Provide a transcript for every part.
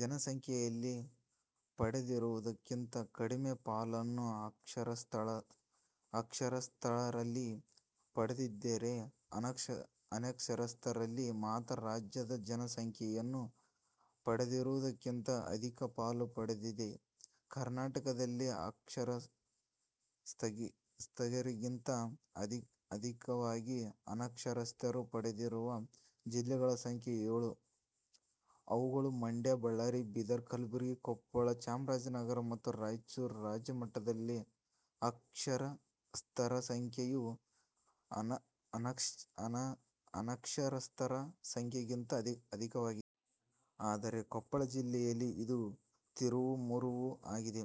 ಜನ ಸಂಖ್ಯೆಯಲ್ಲಿ ಪಡೆದಿರುವುದಕ್ಕಿಂತ ಕಡಿಮೆ ಪಾಲನ್ನು ಅಕ್ಷರಸ್ಥರಲ್ಲಿ ಪಡೆದಿದ್ದರೆ ಅನಕ್ಷರಸ್ಥರಲ್ಲಿ ಮಾತ್ರ ರಾಜ್ಯದ ಜನಸಂಖ್ಯೆಯನ್ನು ಪಡೆದಿರುವುದಕ್ಕಿಂತ ಅಧಿಕ ಪಾಲು ಪಡೆದಿದೆ. ಕರ್ನಾಟಕದಲ್ಲಿ ಅಕ್ಷರಸ್ಥರಿಗಿಂತ ಅಧಿಕವಾಗಿ ಅನಕ್ಷರಸ್ಥರನ್ನು ಪಡೆದಿರುವ ಜಿಲ್ಲೆಗಳ ಸಂಖ್ಯೆ ಏಳು. ಅವುಗಳು ಮಂಡ್ಯ, ಬಳ್ಳಾರಿ, ಬೀದರ, ಗುಲಬರ್ಗ, ಕೊಪ್ಪಳ, ಚಾಮರಾಜನಗರ ಮತ್ತು ರಾಯಚೂರು. ರಾಜ್ಯಮಟ್ಟದಲ್ಲಿ ಅಕ್ಷರಸ್ಥರ ಸಂಖ್ಯೆಯು ಅನಕ್ಷರಸ್ಥರ ಸಂಖ್ಯೆಗಿಂತ ಅಧಿಕವಾಗಿದೆ. ಆದರೆ ಕೊಪ್ಪಳ ಜಿಲ್ಲೆಯಲ್ಲಿ ಇದು ತಿರುವು ಮುರುವು ಆಗಿದೆ.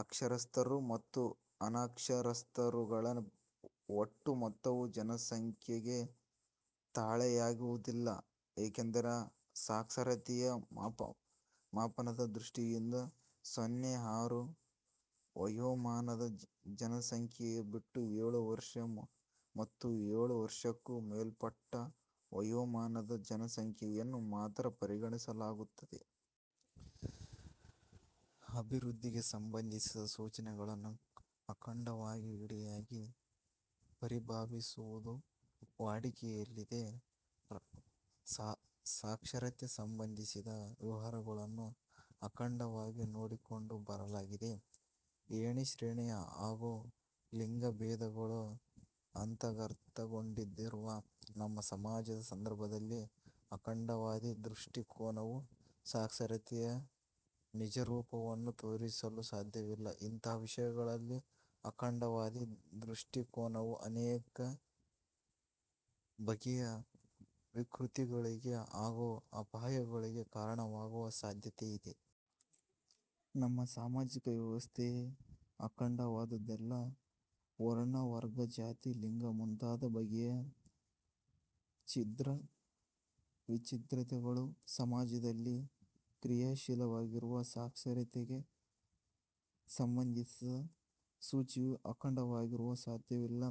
ಅಕ್ಷರಸ್ಥರು ಮತ್ತು ಅನಕ್ಷರಸ್ಥರುಗಳ ಒಟ್ಟು ಮೊತ್ತವು ಜನಸಂಖ್ಯೆಗೆ ತಾಳೆಯಾಗುವುದಿಲ್ಲ. ಏಕೆಂದರೆ ಸಾಕ್ಷರತೆಯ ಮಾಪನದ ದೃಷ್ಟಿಯಿಂದ ಸೊನ್ನೆ – ಆರು ವಯೋಮಾನದ ಜನಸಂಖ್ಯೆಯ ಬಿಟ್ಟು ಎಳು ವರ್ಷ ಮತ್ತುಎಳು ವರ್ಷಕ್ಕೂ ಮೇಲ್ಪಟ್ಟ ವಯೋಮಾನದ ಜನಸಂಖ್ಯೆಯನ್ನು ಮಾತ್ರ ಪರಿಗಣಿಸಲಾಗುತ್ತದೆ. ಅಭಿವೃದ್ಧಿಗೆ ಸಂಬಂಧಿಸಿದ ಸೂಚಿಗಳನ್ನು ಅಖಂಡವಾಗಿ ಇಡಿಯಾಗಿ ಪರಿಭಾವಿಸುವುದು ವಾಡಿಕೆಯಲ್ಲಿದೆ. ಸಾಕ್ಷರತೆಗೆ ಸಂಬಂಧಿಸಿದ ವಿವರಗಳನ್ನು 'ಅಖಂಡ'ವಾಗಿ ನೋಡಿಕೊಂಡು ಬರಲಾಗಿದೆ. ಏಣಿ ಶ್ರೇಣಿ ಹಾಗೂ ಲಿಂಗಭೇದಗಳು ಅಂತರ್ಗತಗೊಂಡಿರುವ ನಮ್ಮ ಸಮಾಜದ ಸಂದರ್ಭದಲ್ಲಿ ಅಖಂಡವಾದಿ ದೃಷ್ಟಿಕೋನವು ಸಾಕ್ಷರತೆಯ ನಿಜರೂಪವನ್ನು ತೋರಿಸಲು ಸಾಧ್ಯವಿಲ್ಲ. ಇಂತಹ ವಿಷಯಗಳಲ್ಲಿ ಅಖಂಡವಾದಿ ದೃಷ್ಟಿಕೋನವು ಅನೇಕ ಬಗೆಯ ವಿಕೃತಿಗಳಿಗೆ ಹಾಗೂ ಅಪಾಯಗಳಿಗೆ ಕಾರಣವಾಗುವ ಸಾಧ್ಯತೆ ಇದೆ. ನಮ್ಮ ಸಾಮಾಜಿಕ ವ್ಯವಸ್ಥೆಯೇ ಅಖಂಡವಾದುದಲ್ಲ. ವರ್ಣ, ವರ್ಗ, ಜಾತಿ – ಲಿಂಗ ಮುಂತಾದ ಬಗೆಯ ಛಿದ್ರ ವಿಚ್ಛಿದ್ರತೆಗಳು ಸಮಾಜದಲ್ಲಿ ಕ್ರಿಯಾಶೀಲವಾಗಿರುವ ಸಾಕ್ಷರತೆಗೆ ಸಂಬಂಧಿಸಿದ ಸೂಚಿಯು ಅಖಂಡವಾಗಿರಲು ಸಾಧ್ಯವಿಲ್ಲ.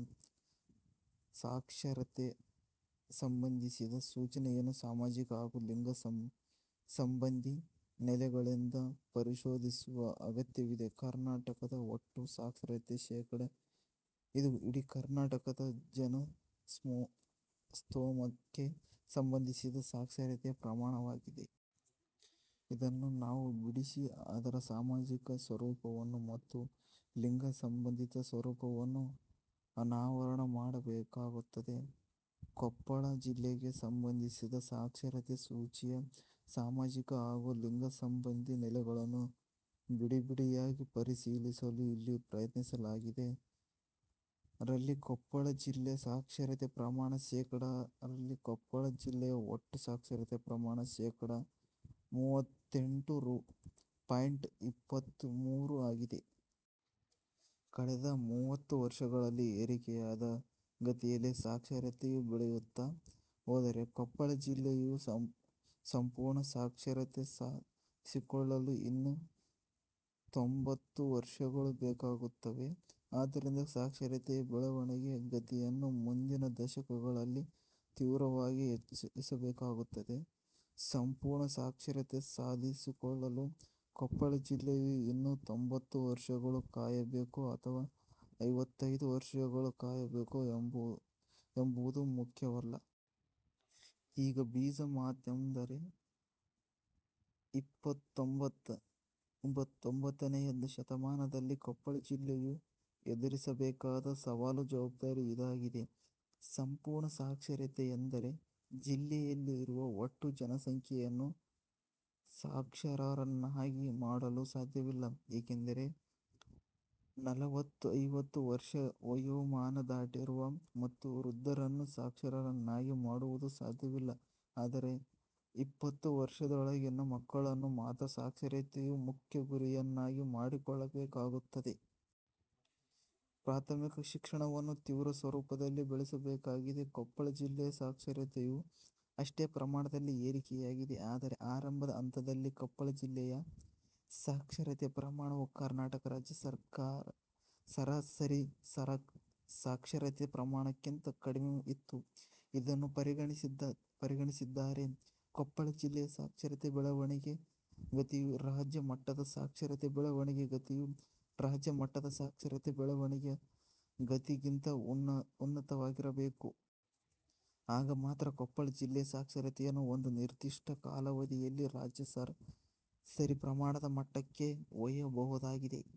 ಸಾಕ್ಷರತೆಗೆ ಸಂಬಂಧಿಸಿದ ಸೂಚಿಯನ್ನು ಸಾಮಾಜಿಕ ಹಾಗೂ ಲಿಂಗ ಸಂಬಂಧಿ ನೆಲೆಗಳಿಂದ ಪರಿಶೋಧಿಸುವ ಅಗತ್ಯವಿದೆ. ಕರ್ನಾಟಕದ ಒಟ್ಟು ಸಾಕ್ಷರತೆ ಶೇಕಡಾ ಇದು ಇಡೀ ಕರ್ನಾಟಕದ ಜನಸ್ತೋಮಕ್ಕೆ ಸಂಬಂಧಿಸಿದ ಸಾಕ್ಷರತೆಯ ಪ್ರಮಾಣವಾಗಿದೆ. ಇದನ್ನು ನಾವು ಬಿಡಿಸಿ ಅದರ ಸಾಮಾಜಿಕ ಸ್ವರೂಪವನ್ನು ಮತ್ತು ಲಿಂಗಸಂಬಂಧಿ ಸ್ವರೂಪವನ್ನು ಅನಾವರಣ ಮಾಡಬೇಕಾಗುತ್ತದೆ. ಕೊಪ್ಪಳ ಜಿಲ್ಲೆಗೆ ಸಂಬಂಧಿಸಿದ ಸಾಕ್ಷರತೆ ಸೂಚಿಯ ಸಾಮಾಜಿಕ ಹಾಗೂ ಲಿಂಗಸಂಬಂಧಿ ನೆಲೆಗಳನ್ನು ಬಿಡಿಬಿಡಿಯಾಗಿ ಪರಿಶೀಲಿಸಲು ಇಲ್ಲಿ ಪ್ರಯತ್ನಿಸಲಾಗಿದೆ. ರಲ್ಲಿ ಕೊಪ್ಪಳ ಜಿಲ್ಲೆಯ ಸಾಕ್ಷರತೆ ಪ್ರಮಾಣ ಶೇಕಡಾ ರಲ್ಲಿ ಕೊಪ್ಪಳ ಜಿಲ್ಲೆಯ ಒಟ್ಟು ಸಾಕ್ಷರತೆ ಪ್ರಮಾಣ ಶೇಕಡಾ ಮೂವತ್ತೆಂಟು ಪಾಯಿಂಟ್ ಇಪ್ಪತ್ತ ಮೂರು ಆಗಿದೆ. ಕಳೆದ ಮೂವತ್ತು ವರ್ಷಗಳಲ್ಲಿ ಏರಿಕೆಯಾದ ಗತಿಯಲ್ಲೇ ಸಾಕ್ಷರತೆಯು ಬೆಳೆಯುತ್ತಾ ಹೋದರೆ ಕೊಪ್ಪಳ ಜಿಲ್ಲೆಯು ಸಂಪೂರ್ಣ ಸಾಕ್ಷರತೆ ಸಾಧಿಸಿಕೊಳ್ಳಲು ಇನ್ನು ತೊಂಭತ್ತು ವರ್ಷಗಳು ಬೇಕಾಗುತ್ತವೆ. ಆದ್ದರಿಂದ ಸಾಕ್ಷರತೆಯ ಬೆಳವಣಿಗೆ ಗತಿಯನ್ನು ಮುಂದಿನ ದಶಕಗಳಲ್ಲಿ ತೀವ್ರವಾಗಿ ಹೆಚ್ಚಿಸಬೇಕಾಗುತ್ತದೆ. ಸಂಪೂರ್ಣ ಸಾಕ್ಷರತೆ ಸಾಧಿಸಿಕೊಳ್ಳಲು ಕೊಪ್ಪಳ ಜಿಲ್ಲೆಯು ಇನ್ನು ತೊಂಭತ್ತು ವರ್ಷಗಳು ಕಾಯಬೇಕೊ ಅಥವಾ ಐವತ್ತೈದು ವರ್ಷಗಳು ಕಾಯಬೇಕೊ ಎಂಬುದು ಮುಖ್ಯವಲ್ಲ. ಈಗ ಬೀಜ ಮಾತೆಂದರೆ ಇಪ್ಪತ್ತೊಂದನೆಯ ಶತಮಾನದಲ್ಲಿ ಕೊಪ್ಪಳ ಜಿಲ್ಲೆಯು ಎದುರಿಸಬೇಕಾದ ಸವಾಲು ಜವಾಬ್ದಾರಿ ಇದಾಗಿದೆ. ಸಂಪೂರ್ಣ ಸಾಕ್ಷರತೆಯೆಂದರೆ ಜಿಲ್ಲೆಯಲ್ಲಿರುವ ಒಟ್ಟು ಜನಸಂಖ್ಯೆಯನ್ನು ಸಾಕ್ಷರರನ್ನಾಗಿ ಮಾಡಲು ಸಾಧ್ಯವಿಲ್ಲ. ಏಕೆಂದರೆ ನಲವತ್ತು – ಐವತ್ತು ವರ್ಷ ವಯೋಮಾನ ದಾಟಿರುವ ಮತ್ತು ವೃದ್ಧರನ್ನು ಸಾಕ್ಷರರನ್ನಾಗಿ ಮಾಡುವುದು ಸಾಧ್ಯವಿಲ್ಲ. ಆದರೆ ಇಪ್ಪತ್ತು ವರ್ಷಗಳೊಳಗಿನ ಮಕ್ಕಳನ್ನು ಮಾತ್ರ ಸಾಕ್ಷರತೆಯು ಮುಖ್ಯ ಗುರಿಯನ್ನಾಗಿ ಮಾಡಿಕೊಳ್ಳಬೇಕಾಗುತ್ತದೆ. ಪ್ರಾಥಮಿಕ ಶಿಕ್ಷಣವನ್ನು ತೀವ್ರ ಸ್ವರೂಪದಲ್ಲಿ ಬೆಳೆಸಬೇಕಾಗಿದೆ. ಕೊಪ್ಪಳ ಜಿಲ್ಲೆಯ ಸಾಕ್ಷರತೆಯೂ ಅಷ್ಟೆ ಪ್ರಮಾಣದಲ್ಲಿ ಏರಿಕೆಯಾಗಿದೆ. ಆದರೆ ಆರಂಭದ ಹಂತದಲ್ಲಿ ಕೊಪ್ಪಳ ಜಿಲ್ಲೆಯ ಸಾಕ್ಷರತೆ ಪ್ರಮಾಣವು ಕರ್ನಾಟಕ ರಾಜ್ಯ ಸರಾಸರಿ ಸಾಕ್ಷರತೆ ಪ್ರಮಾಣಕ್ಕಿಂತ ಕಡಿಮೆ ಇತ್ತು. ಇದನ್ನು ಪರಿಗಣಿಸಿದ್ದಾದರೆ ಕೊಪ್ಪಳ ಜಿಲ್ಲೆಯ ಸಾಕ್ಷರತೆ ಬೆಳವಣಿಗೆ ಗತಿಯು ರಾಜ್ಯ ಮಟ್ಟದ ಸಾಕ್ಷರತೆ ಬೆಳವಣಿಗೆ ಗತಿಯು ರಾಜ್ಯ ಮಟ್ಟದ ಸಾಕ್ಷರತೆ ಬೆಳವಣಿಗೆ ಗತಿಗಿಂತ ಉನ್ನತವಾಗಬೇಕು. ಆಗ ಮಾತ್ರ ಕೊಪ್ಪಳ ಜಿಲ್ಲೆಯ ಸಾಕ್ಷರತೆಯನ್ನು ಒಂದು ನಿರ್ದಿಷ್ಟ ಕಾಲಾವಧಿಯಲ್ಲಿ ರಾಜ್ಯ ಸರಾಸರಿ ಪ್ರಮಾಣದ ಮಟ್ಟಕ್ಕೆ ಒಯ್ಯಬಹುದಾಗಿದೆ.